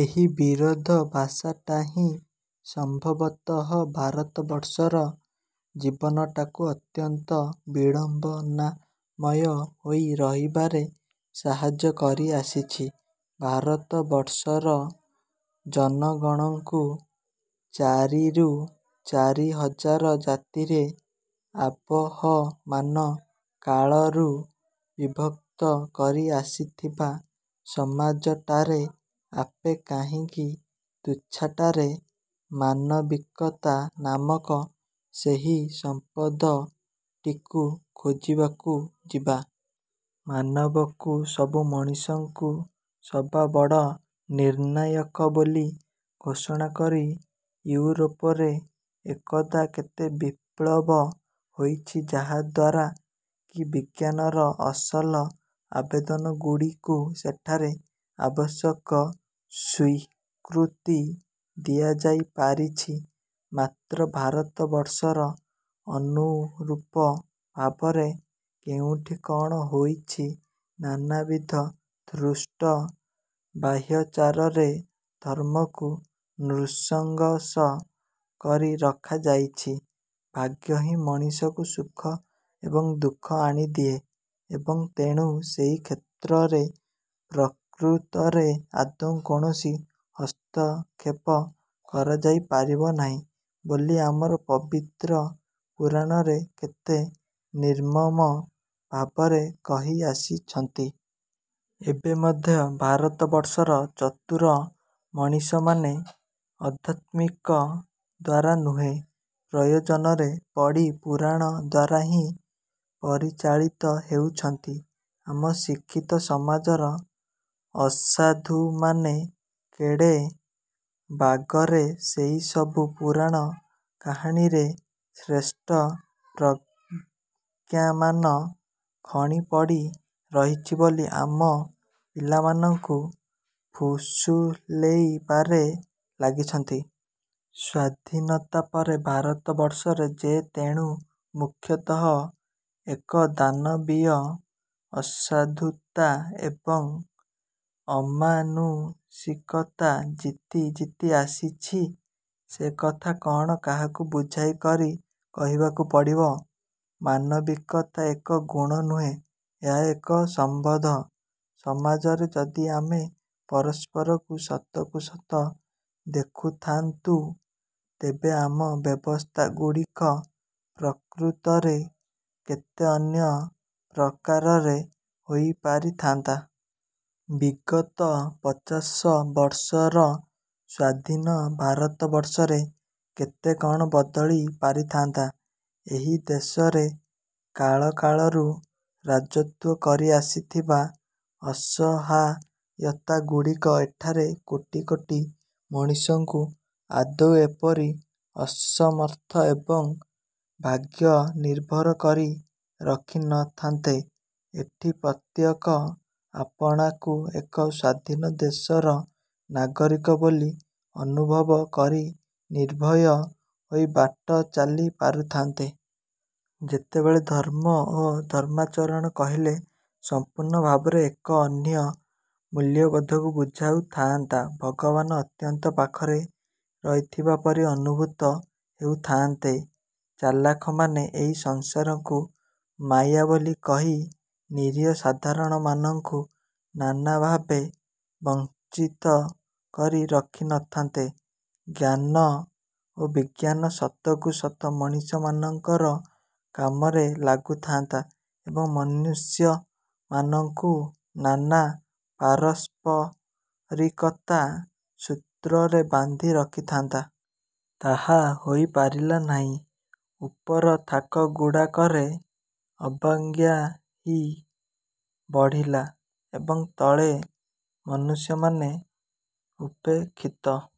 ଏହି ବିରୋଧ ଭସାଟା ହିଁ ସମ୍ଭବତଃ ଭାରତବର୍ଷର ଜୀବନଟାକୁ ଅତ୍ୟନ୍ତ ବିଡ଼ମ୍ବନାମୟ ହୋଇ ରହିବାରେ ସାହାଯ୍ୟ କରି ଆସିଛି। ଭାରତବର୍ଷର ଜନଗଣଙ୍କୁ ଚାରିରୁ ଚାରି ହଜାର ଜାତିରେ ଆବହମାନ କାଳରୁ ବିଭକ୍ତ କରି ଆସିଥିବା ସମାଜଟାରେ ଆପେ କାହିଁକି ତୁଛାଟାରେ ମାନବିକତା ନାମକ ସେହି ସମ୍ପଦଟିକୁ ଖୋଜିବାକୁ ଯିବା? ମାନବକୁ ସବୁ ମଣିଷଙ୍କୁ ସବା ବଡ଼ ନିର୍ଣ୍ଣାୟକ ବୋଲି ଘୋଷଣା କରି ଇଉରୋପରେ ଏକଦା କେତେ ବିପ୍ଳବ ହୋଇଛି, ଯାହାଦ୍ୱାରା କି ବିଜ୍ଞାନର ଅସଲ ଆବେଦନଗୁଡ଼ିକୁ ସେଠାରେ ଆବଶ୍ୟକ ସ୍ୱୀକୃତି ଦିଆଯାଇ ପାରିଛି। ମାତ୍ର ଭାରତବର୍ଷର ଅନୁରୂପ ଭାବରେ କେଉଁଠି କ'ଣ ହୋଇଛି? ନାନାବିଧ ଧୃଷ୍ଟ ବାହ୍ୟାଚାରରେ ଧର୍ମକୁ ନୃଶଂଙ୍ଗସ କରି ରଖାଯାଇଛି, ଭାଗ୍ୟ ହିଁ ମଣିଷକୁ ସୁଖ ଏବଂ ଦୁଃଖ ଆଣିଦିଏ ଏବଂ ତେଣୁ ସେହି କ୍ଷେତ୍ରରେ ପ୍ରକୃତରେ ଆଦୌ କୌଣସି ହସ୍ତକ୍ଷେପ କରାଯାଇ ପାରିବ ନାହିଁ, ବୋଲି ଆମର ପବିତ୍ର ପୁରାଣରେ କେତେ ନିର୍ମମ ଭାବରେ କହି ଆସିଛନ୍ତି। ଏବେ ମଧ୍ୟ ଭାରତବର୍ଷର ଚତୁର ମଣିଷମାନେ ଅଧ୍ୟାତ୍ମିକ ଦ୍ଵାରା ନୁହେଁ, ପ୍ରୟୋଜନରେ ପଡ଼ି ପୁରାଣ ଦ୍ଵାରା ହିଁ ପରିଚାଳିତ ହେଉଛନ୍ତି। ଆମ ଶିକ୍ଷିତ ସମାଜର ଅସାଧୁମାନେ କେଡ଼େ ବାଗରେ ସେହିସବୁ ପୁରାଣ କାହାଣୀରେ, ଶ୍ରେଷ୍ଠ ପ୍ରଜ୍ଞାମାନ ଖଣି ପଡ଼ି ରହିଛି ବୋଲି ଆମ ପିଲାମାନଙ୍କୁ ଫୁସୁଲେଇବାରେ ଲାଗିଛନ୍ତି। ସ୍ୱାଧୀନତା ପରେ ଭାରତବର୍ଷରେ ଯେ ତେଣୁ ମୁଖ୍ୟତଃ ଏକ ଦାନବୀୟ ଅସାଧୁତା ଏବଂ ଅମାନୁଷିକତା ଜିତି ଜିତି ଆସିଛି, ସେକଥା କ'ଣ କାହାକୁ ବୁଝାଇ କରି କହିବାକୁ ପଡ଼ିବ? ମାନବିକତା ଏକ ଗୁଣ ନୁହେଁ, ଏହା ଏକ ସମ୍ବନ୍ଧ। ସମାଜରେ ଯଦି ଆମେ ପରସ୍ପରକୁ ସତକୁ ସତ ଦେଖୁଥାନ୍ତୁ, ତେବେ ଆମ ବ୍ୟବସ୍ଥାଗୁଡ଼ିକ ପ୍ରକୃତରେ କେତେ ଅନ୍ୟ ପ୍ରକାରରେ ହୋଇପାରିଥାନ୍ତା। ବିଗତ ପଚାଶ ବର୍ଷର ସ୍ଵାଧୀନ ଭାରତବର୍ଷରେ କେତେ କ'ଣ ବଦଳି ପାରିଥାନ୍ତା। ଏହି ଦେଶରେ କାଳକାଳରୁ ରାଜତ୍ଵ କରି ଆସିଥିବା ଅସହାୟତା ଗୁଡ଼ିକ ଏଠାରେ କୋଟି କୋଟି ମଣିଷଙ୍କୁ ଆଦୌ ଏପରି ଅସମର୍ଥ ଏବଂ ଭାଗ୍ୟନିର୍ଭର କରି ରଖିନଥାନ୍ତେ। ଏଠି ପ୍ରତ୍ୟେକେ ଆପଣାକୁ ଏକ ସ୍ୱାଧୀନ ଦେଶର ନାଗରିକ ବୋଲି ଅନୁଭବ କରି ନିର୍ଭୟ ହୋଇ ବାଟ ଚାଲି ପାରୁଥାନ୍ତେ। ଯେତେବେଳେ ଧର୍ମ ଓ ଧର୍ମାଚରଣ କହିଲେ ସମ୍ପୂର୍ଣ୍ଣ ଭାବରେ ଏକ ଅନ୍ୟ ମୂଲ୍ୟବୋଧକୁ ବୁଝାଉ ଥାଆନ୍ତା। ଭଗବାନ ଅତ୍ୟନ୍ତ ପାଖରେ ରହିଥିବା ପରି ଅନୁଭୂତ ହେଉଥାଆନ୍ତେ। ଚାଲାଖମାନେ ଏହି ସଂସାରକୁ ମାୟା ବୋଲି କହି ନିରୀହ ସାଧାରଣମାନଙ୍କୁ ନାନା ଭାବେ ବଂଚିତ କରି ରଖିନଥାନ୍ତେ। ଜ୍ଞାନ ଓ ବିଜ୍ଞାନ ସତକୁ ସତ ମଣିଷମାନଙ୍କର କାମରେ ଲାଗୁଥାଆନ୍ତା ଏବଂ ମନୁଷ୍ୟମାନଙ୍କୁ ନାନା ପାରସ୍ପରିକତା ସୂତ୍ରରେ ବାନ୍ଧି ରଖିଥାନ୍ତା। ତାହା ହୋଇପାରିଲା ନାହିଁ। ଉପର ଥାକଗୁଡାକରେ ଅବଜ୍ଞା ହିଁ ବଢ଼ିଲା ଏବଂ ତଳେ ମନୁଷ୍ୟମାନେ ଉପେକ୍ଷିତ ।